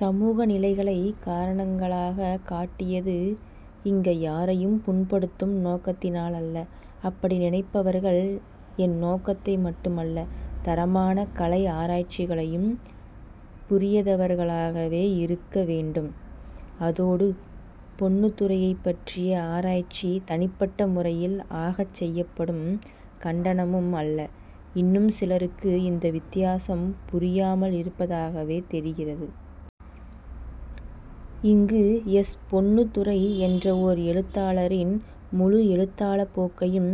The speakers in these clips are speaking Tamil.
சமூக நிலைகளைக் காரணங்களாகக் காட்டியது இங்க யாரையும் புண்படுத்தும் நோக்கத்தினாலல்ல. அப்படி நினைப்பவர்கள் என் நோக்கத்தை மட்டுமல்ல, தரமான கலை ஆராய்ச்சிகளையும் புரியதவர்களாகவே இருக்க வேண்டும். அதோடு பொன்னுத்துரையைப்பற்றிய ஆராய்ச்சி தனிப்பட்ட முறையில் ஆகச் செய்யப்படும் கண்டனமும் அல்ல. இன்னும் சிலருக்கு இந்த வித்தியாசம் புரியாமல் இருப்பதாகவே தெரிகிறது. இங்கு எஸ். பொன்னுத்துரை என்ற ஓர் எழுத்தாளாரின் முழு எழுத்தாளப் போக்கையும்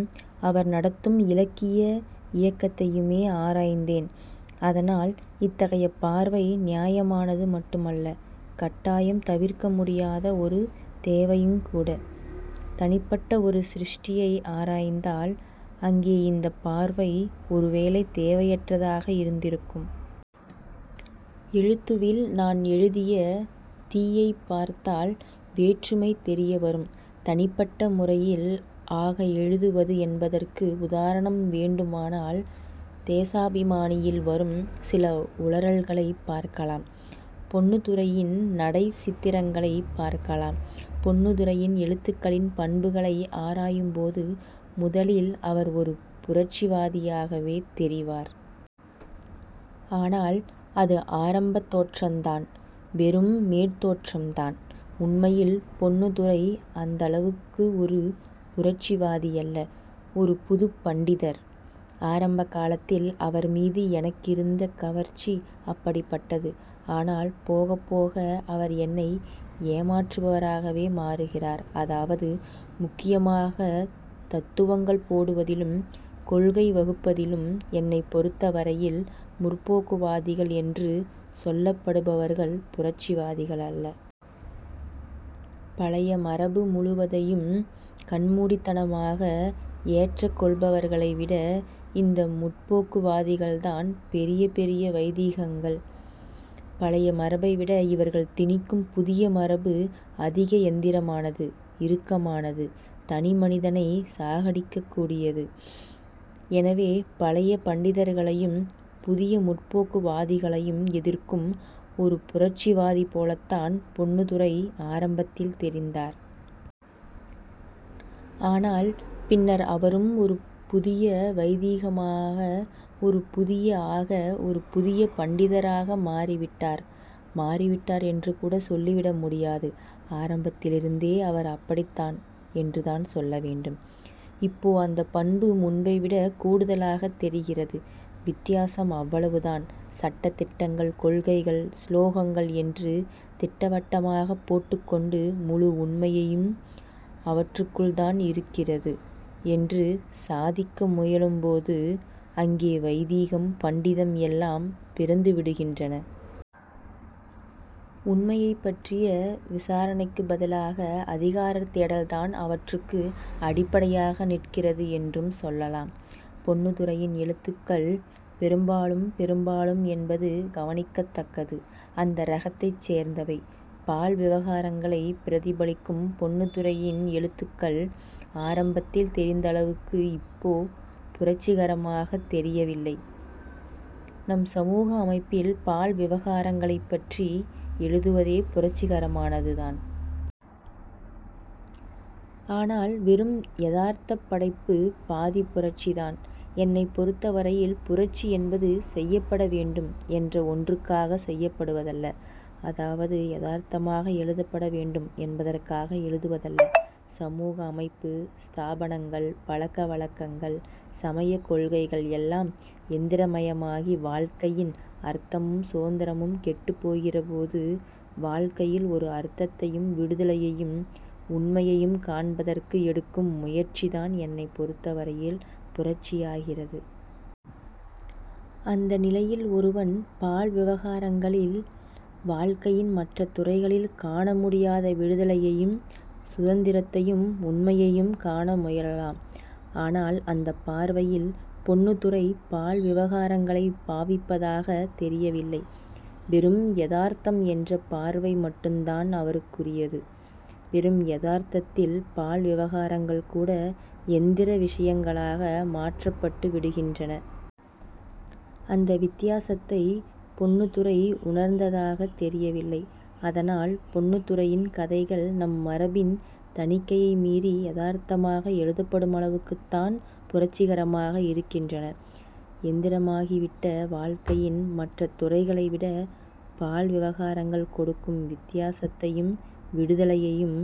அவர் நடத்தும் இலக்கிய இயக்கத்தையுமே ஆராய்ந்தேன். அதனால் இத்தகைய பார்வை நியாயமானது மட்டுமல்ல, கட்டாயம் தவிர்க்க முடியாத ஒரு தேவையுங்கூட. தனிப்பட்ட ஒரு சிருஷ்டியை ஆராய்ந்தால் அங்கே இந்தப் பார்வை ஒருவேளை தேவையற்றதாக இருந்திருக்கும். 'எழுத்து'வில் நான் எழுதிய 'தீ'யைப் பார்த்தால் வேற்றுமை தெரியவரும். தனிப்பட்ட முறையில் ஆக எழுதுவது என்பதற்கு உதாரணம் வேண்டுமானால் 'தேசாபிமானி'யில் வரும் சில உளறல்களைப் பார்க்கலாம். பொன்னுத்துரையின் நடைச் சித்திரங்களைப் பார்க்கலாம். பொன்னுத்துரையின் எழுத்துகளின் பண்புகளை ஆராயும் போது முதலில் அவர் ஒரு புரட்சிவாதியாகவே தெரிவார். ஆனால் அது ஆரம்பத் தோற்றந்தான். வெறும் மேற்தோற்றம்தான். உண்மையில் பொன்னுத்துரை அந்தளவுக்கு ஒரு புரட்சிவாதியல்ல. ஒரு புதுப் பண்டிதர். ஆரம்ப காலத்தில் அவர்மீது எனக்கிருந்த கவர்ச்சி அப்படிப்பட்டது. ஆனால் போகப் போக அவர் என்னை ஏமாற்றுபவராகவே மாறுகிறார். அதாவது, முக்கியமாகத் தத்துவங்கள் போடுவதிலும் கொள்கை வகுப்பதிலும் என்னைப் பொருத்தவரையில் 'முற்போக்கு'வாதிகள் என்று சொல்லப்படுபவர்கள் புரட்சிவாதிகளல்ல. பழைய மரபு முழுவதையும் கண்மூடித்தனமாக ஏற்றக்கொள்பவர்களை விட இந்த 'முற்போக்கு'வாதிகள்தான் பெரிய. பெரிய வைதீகங்கள். பழைய மரபை விட இவர்கள் திணிக்கும் புதிய மரபு அதிக யந்திரமானது. இறுக்கமானது. தனிமனிதனைச் சாகடிக்கக் கூடியது. எனவே, பழைய பண்டிதர்களையும், புதிய 'முற்போக்கு'வாதிகளையும் எதிர்க்கும் ஒரு புரட்சிவாதிபோலத்தான் பொன்னுத்துரை ஆரம்பத்தில் தெரிந்தார். ஆனால் பின்னர் அவரும் ஒரு புதிய வைதீகமாக, ஒரு புதிய ஆக, ஒரு புதிய பண்டிதராக மாறிவிட்டார். மாறிவிட்டார் என்றுகூட சொல்லிவிட முடியாது. ஆரம்பத்திலிருந்தே அவர் அப்படித்தான் என்றுதான் சொல்ல வேண்டும். இப்போ அந்தப் பண்பு முன்பை விடக் கூடுதலாகத் தெரிகிறது. வித்தியாசம் அவ்வளவுதான். சட்ட திட்டங்கள், கொள்கைகள், சுலோகங்கள் என்று திட்டவட்டமாகப் போட்டுக் கொண்டு முழு உண்மையையும் அவற்றுக்குள்தான் இருக்கிறது என்று சாதிக்க முயலும்போது அங்கே, வைதீகம், பண்டிதம் எல்லாம் பிறந்துவிடுகின்றன. உண்மையைப் பற்றிய விசாரணைக்குப் பதிலாக அதிகாரத் தேடல்தான் அவற்றுக்கு அடிப்படையாக நிற்கிறது என்றும் சொல்லலாம். பொன்னுத்துரையின் எழுத்துகள் பெரும்பாலும் பெரும்பாலும் என்பது கவனிக்கத்தக்கது அந்த ரகத்தைச் சேர்ந்தவை. பால் விவகாரங்களைப் பிரதிபலிக்கும் பொன்னுத்துரையின் எழுத்துகள் ஆரம்பத்தில் தெரிந்தளவுக்கு இப்போ புரட்சிகரமாகத் தெரியவில்லை. நம் சமூக அமைப்பில் பால் விவகாரங்களைப்பற்றி எழுதுவதே புரட்சிகரமானதுதான். ஆனால் வெறும் யதார்த்தப் படைப்பு பாதிப் புரட்சிதான். என்னைப் பொருத்தவரையில், புரட்சி என்பது செய்யப்பட வேண்டும் என்ற ஒன்றுக்காகச் செய்யப்படுவதல்ல. அதாவது யதார்த்தமாக எழுதப்பட வேண்டும் என்பதற்காக எழுதுவதல்ல. சமூக அமைப்பு, ஸ்தாபனங்கள், பழக்க வழக்கங்கள், சமயக் கொள்கைகள் எல்லாம் யந்திரமயமாகி வாழ்க்கையின் அர்த்தமும் சுதந்திரமும் கெட்டுப்போகிறபோது வாழ்க்கையில் ஒரு அர்த்தத்தையும் விடுதலையையும் உண்மையையும் காண்பதற்கு எடுக்கும் முயற்சிதான் என்னைப் பொருத்தவரையில் புரட்சியாகிறது. அந்த நிலையில் ஒருவன் பால் விவகாரங்களில் வாழ்க்கையின் மற்ற துறைகளில் காண முடியாத விடுதலையையும் சுதந்திரத்தையும் உண்மையையும் காண முயலலாம். ஆனால் அந்தப் பார்வையில் பொன்னுத்துரை பால் விவகாரங்களைப் பாவிப்பதாகத் தெரியவில்லை. வெறும் யதார்த்தம் என்ற பார்வை மட்டுந்தான் அவருக்குரியது. வெறும் யதார்த்தத்தில் பால் விவகாரங்கள் கூட யந்திர விசயங்களாக மாற்றப்பட்டு விடுகின்றன. அந்த வித்தியாசத்தைப் பொன்னுத்துரை உணர்ந்ததாகத் தெரியவில்லை. அதனால் பொன்னுத்துரையின் கதைகள் நம் மரபின் தணிக்கையை மீறி யதார்த்தமாக எழுதப்படுமளவுக்குத்தான் புரட்சிகரமாக இருக்கின்றன. யந்திரமாகிவிட்ட வாழ்க்கையின் மற்ற துறைகளை விட பால் விவகாரங்கள் கொடுக்கும் வித்தியாசத்தையும் விடுதலையையும்